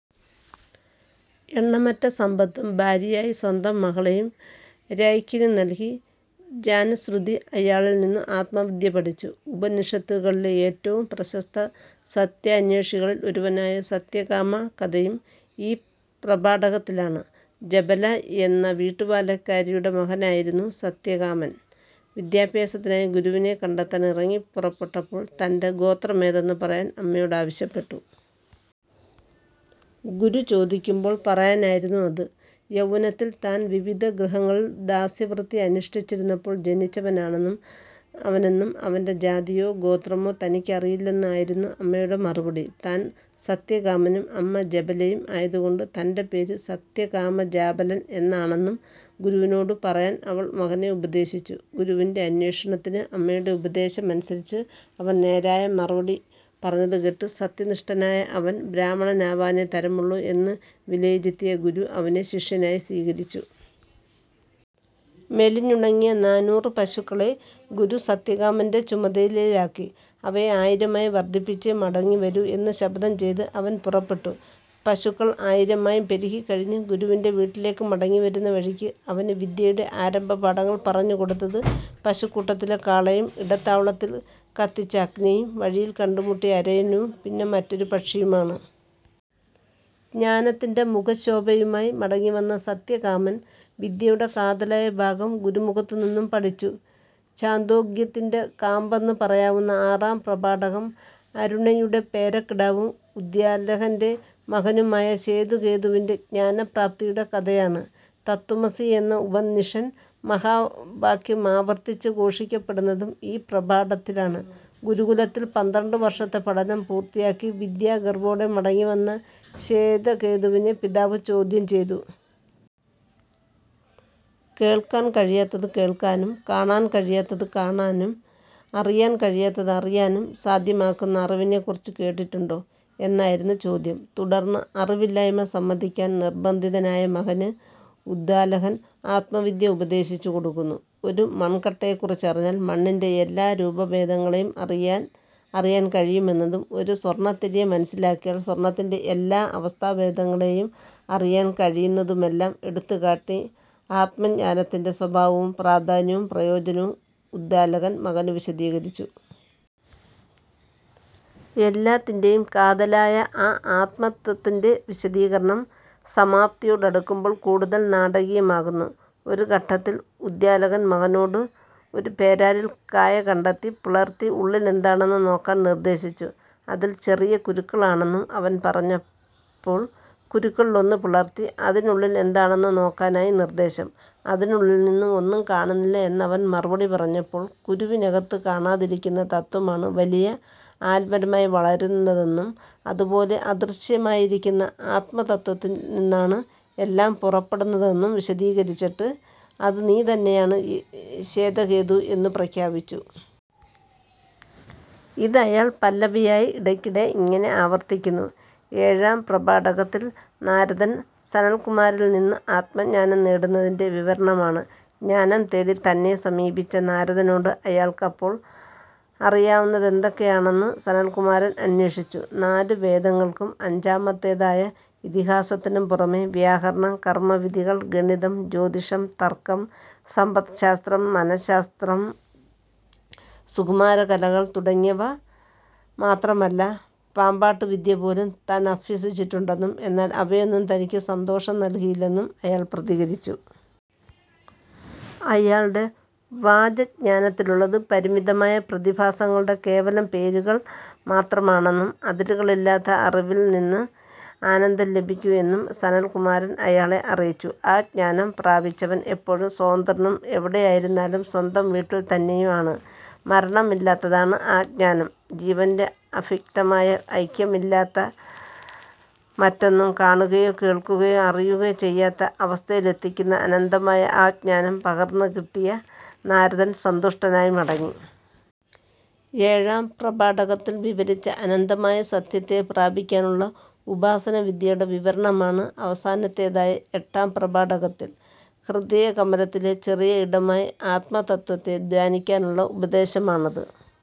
എണ്ണമറ്റ സമ്പത്തും ഭാര്യയായി സ്വന്തം മകളേയും രൈക്വന് നൽകി ജാനശ്രുതി അയാളിൽ നിന്ന് ആത്മവിദ്യ പഠിച്ചു. ഉപനിഷത്തുകളിലെ ഏറ്റവും പ്രശസ്ത സത്യാന്വേഷികളിൽ ഒരുവനായ സത്യകാമ കഥയും ഈ പ്രപാഠകത്തിലാണ്. ജബല എന്ന വീട്ടുവേലക്കാരിയുടെ മകനായിരുന്ന സത്യകാമൻ വിദ്യാഭ്യാസത്തിനായി ഗുരുവിനെ കണ്ടെത്താൻ ഇറങ്ങിപ്പുറപ്പെട്ടപ്പോൾ, തന്റെ ഗോത്രമേതെന്ന് പറയാൻ അമ്മയോടാവശ്യപ്പെട്ടു. ഗുരു ചോദിക്കുമ്പോൾ പറയാനായിരുന്നു അത്. യൗവനത്തിൽ താൻ വിവിധഗൃഹങ്ങളിൽ ദാസ്യവൃത്തി അനുഷ്ഠിച്ചിരുന്നപ്പോൾ ജനിച്ചവനാണന്നും അവനെന്നും അവന്റെ ജാതിയോ ഗോത്രമോ തനിക്കറിയില്ലെന്നായിരുന്നു അമ്മയുടെ മറുപടി. താൻ സത്യകാമനും അമ്മ ജബലയും ആയതുകൊണ്ട് തന്റെ പേര് സത്യകാമജാബാലൻ എന്നാണെന്ന് ഗുരുവിനോടു പറയാൻ അവൾ മകനെ ഉപദേശിച്ചു. ഗുരുവിന്റെ അന്വേഷണത്തിന് അമ്മയുടെ ഉപദേശമനുസരിച്ച് അവൻ നേരായ മറുപടി പറഞ്ഞതുകേട്ട്, സത്യനിഷ്ഠനായ അവൻ ബ്രാഹ്മണനാവാനേ തരമുള്ളു എന്ന് വിലയിരുത്തിയ ഗുരു അവനെ ശിഷ്യനായി സ്വീകരിച്ചു. മെലിഞ്ഞുണങ്ങിയ നാന്നൂറു പശുക്കളെ ഗുരു സത്യകാമന്റെ ചുമതലയിലാക്കി. അവയെ ആയിരമായി വർദ്ധിപ്പിച്ചേ മടങ്ങി വരൂ എന്ന് ശപഥം ചെയ്ത് അവൻ പുറപ്പെട്ടു. പശുക്കൾ ആയിരമായി പെരുകിക്കഴിഞ്ഞ് ഗുരുവിന്റെ വീട്ടിലേയ്ക്ക് മടങ്ങിവരുന്ന വഴിയ്ക്ക് അവന് വിദ്യയുടെ ആരംഭപാഠങ്ങൾ പറഞ്ഞുകൊടുത്തത് പശുക്കൂട്ടത്തിലെ കാളയും, ഇടത്താവളത്തിൽ കത്തിച്ച അഗ്നിയും, വഴിയിൽ കണ്ടുമുട്ടിയ അരയന്നവും പിന്നെ മറ്റൊരു പക്ഷിയുമാണ്. ജ്ഞാനത്തിന്റെ മുഖശോഭയുമായി മടങ്ങിവന്ന സത്യാകാമൻ വിദ്യയുടെ കാതലായ ഭാഗം ഗുരുമുഖത്തുനിന്നും പഠിച്ചു. ഛാന്ദോഗ്യത്തിന്റെ കാമ്പെന്നു പറയാവുന്ന ആറാം പ്രപാഠകം, അരുണയുടെ പേരക്കിടാവും ഉദ്ദാലകന്റെ മകനുമായ ശ്വേതകേതുവിന്റെ ജ്ഞാനപ്രാപ്തിയുടെ കഥയാണ്. തത്ത്വമസി എന്ന ഉപനിഷൽ മഹാവാക്യം ആവർത്തിച്ച് ഘോഷിക്കപ്പെടുന്നതും ഈ പ്രപാഠത്തിലാണ്. ഗുരുകുലത്തിൽ പന്ത്രണ്ടുവർഷത്തെ പഠനം പൂർത്തിയാക്കി വിദ്യാഗർവ്വോടെ മടങ്ങി വന്ന ശ്വേതകേതുവിനെ പിതാവ് ചോദ്യം ചെയ്തു. "കേൾക്കാൻ കഴിയാത്തത് കേൾക്കാനും, കാണാൻ കഴിയാത്തത് കാണാനും, അറിയാൻ കഴിയാത്തത് അറിയാനും സാധ്യമാക്കുന്ന അറിവിനെക്കുറിച്ച് കേട്ടിട്ടുണ്ടോ" എന്നായിരുന്നു ചോദ്യം. തുടർന്ന്, അറിവില്ലായ്മ സമ്മതിക്കാൻ നിർബ്ബന്ധിതനായ മകന് ഉദ്ദാലകൻ ആത്മവിദ്യ ഉപദേശിച്ചു കൊടുക്കുന്നു. ഒരു മൺകട്ടയെക്കുറിച്ചറിഞ്ഞാൽ മണ്ണിന്റെ എല്ലാരൂപഭേദങ്ങളേയും അറിയാൻ അറിയാൻ കഴിയുമെന്നതും, ഒരു സ്വർണ്ണത്തരിയെ മനസ്സിലാക്കിയാൽ സ്വർണ്ണത്തിന്റെ എല്ലാ അവസ്ഥാഭേദങ്ങളേയും അറിയാൻ കഴിയുന്നതുമെല്ലാം എടുത്തുകാട്ടി ആത്മജ്ഞാനത്തിന്റെ സ്വഭാവവും പ്രാധാന്യവും പ്രയോജനവും ഉദ്ദാലകൻ മകനു വിശദീകരിച്ചു. എല്ലാത്തിന്റേയും കാതലായ ആ ആത്മതത്ത്വത്തിന്റെ വിശദീകരണം സമാപ്തിയോടടുക്കുമ്പോൾ കൂടുതൽ നാടകീയമാകുന്നു. ഒരു ഘട്ടത്തിൽ ഉദ്ദാലകൻ മകനോട് ഒരു പേരാലിൻ കായ കണ്ടെത്തി പിളർത്തി ഉള്ളിലെന്തെന്നു നോക്കാൻ നിർദ്ദേശിച്ചു. അതിൽ ചെറിയ കുരുക്കളാണന്നും അവൻ പറഞ്ഞപ്പോൾ കുരുക്കൾളൊന്ന് പിളർത്തി, അതിനുള്ളിൽ എന്താണെന്നു നോക്കാനായി നിർദ്ദേശം. അതിനുള്ളിൽ ഒന്നും കാണുന്നില്ല എന്ന് അവൻ മറുപടി പറഞ്ഞപ്പോൾ, കുരുവിനകത്ത് കാണാതിരിക്കുന്ന തത്ത്വമാണ് വലിയ ആൽമരമായി വളരുന്നതെന്നും അതുപോലെ അദൃശ്യമായിരിക്കുന്ന ആത്മതത്ത്വത്തിൻ നിന്നാണ് എല്ലാം പുറപ്പെടുന്നതെന്നും വിശദീകരിച്ചിട്ട്, "അത് നീ തന്നെയാണ് ശ്വേതകേതൂ" എന്ന് പ്രഖ്യാപിച്ചു. ഇത് അയാൾ പല്ലവിയായി ഇടക്കിടെ ഇങ്ങനെ ആവർത്തിക്കുന്നു:- ഏഴാം പ്രപാഠകത്തിൽ നാരദൻ സനൽകുമാരനിൽ നിന്നു ആത്മജ്ഞാനം നേടുന്നതിന്റെ വിവരണമാണ്. ജ്ഞാനം തേടി തന്നെ സമീപിച്ച നാരദനോട് അയാൾക്ക് അപ്പോൾ അറിയാവുന്നതെന്തൊക്കെയാണെന്ന് സനൽകുമാരൻ അന്വേഷിച്ചു. നാലു വേദങ്ങൾക്കും അഞ്ചാമത്തേതായ ഇതിഹാസത്തിനും പുറമേ വ്യാകരണം, കർമ്മവിധികൾ, ഗണിതം, ജ്യോതിഷം, തർക്കം, സമ്പദ്ശാസ്ത്രം, മനശാസ്ത്രം, സുകുമാരകലകൾ തുടങ്ങിയവ മാത്രമല്ല, പാമ്പാട്ടുവിദ്യപോലും താൻ അഫ്യസിച്ചിട്ടുണ്ടെന്നും എന്നാൽ അവയൊന്നും തനിക്ക് സന്തോഷം നൽകില്ലെന്നും അയാൾ പ്രതികരിച്ചു. അയാളുടെ വാചജ്ഞാനത്തിലുള്ളത് പരിമിതമായ പ്രതിഭാസങ്ങളുടെ കേവലം പേരുകൾ മാത്രമാണെന്നും, അതിരുകളില്ലാത്ത അറിവിൽ നിന്നേ ആനന്ദം ലഭിക്കൂ എന്നും സനൽകുമാരൻ അയാളെ അറിയിച്ചു. ആ ജ്ഞാനം പ്രാപിച്ചവൻ എപ്പോഴും സ്വതന്ത്രനും എവിടെയായിരുന്നാലും സ്വന്തം വീട്ടിൽ തന്നെയും ആണ്. മരണമില്ലാത്തതാണ് ആ ജ്ഞാനം. ജീവന്റെ അഫിക്തമായ ഐക്യമില്ലാത്ത മറ്റൊന്നും കാണുകയോ, കേൾക്കുകയോ, അറിയുകയോ ചെയ്യാത്ത അവസ്ഥയിലെത്തിക്കുന്ന അനന്തമായ ആ ജ്ഞാനം പകർന്ന്കിട്ടിയ നാരദൻ സന്തുഷ്ടനായി മടങ്ങി. ഏഴാം പ്രപാഠകത്തിൽ വിവരിച്ച അനന്തമായ സത്യത്തെ പ്രാപിക്കാനുള്ള ഉപാസനാവിദ്യയുടെ വിവരണമാണ് അവസാനത്തേതായ എട്ടാം പ്രപാഠകത്തിൽ. ഹൃദയകമലത്തിലെ ചെറിയ ഇടമായി ആത്മതത്ത്വത്തെ ധ്യാനിക്കാനുള്ള ഉപദേശമാണത്.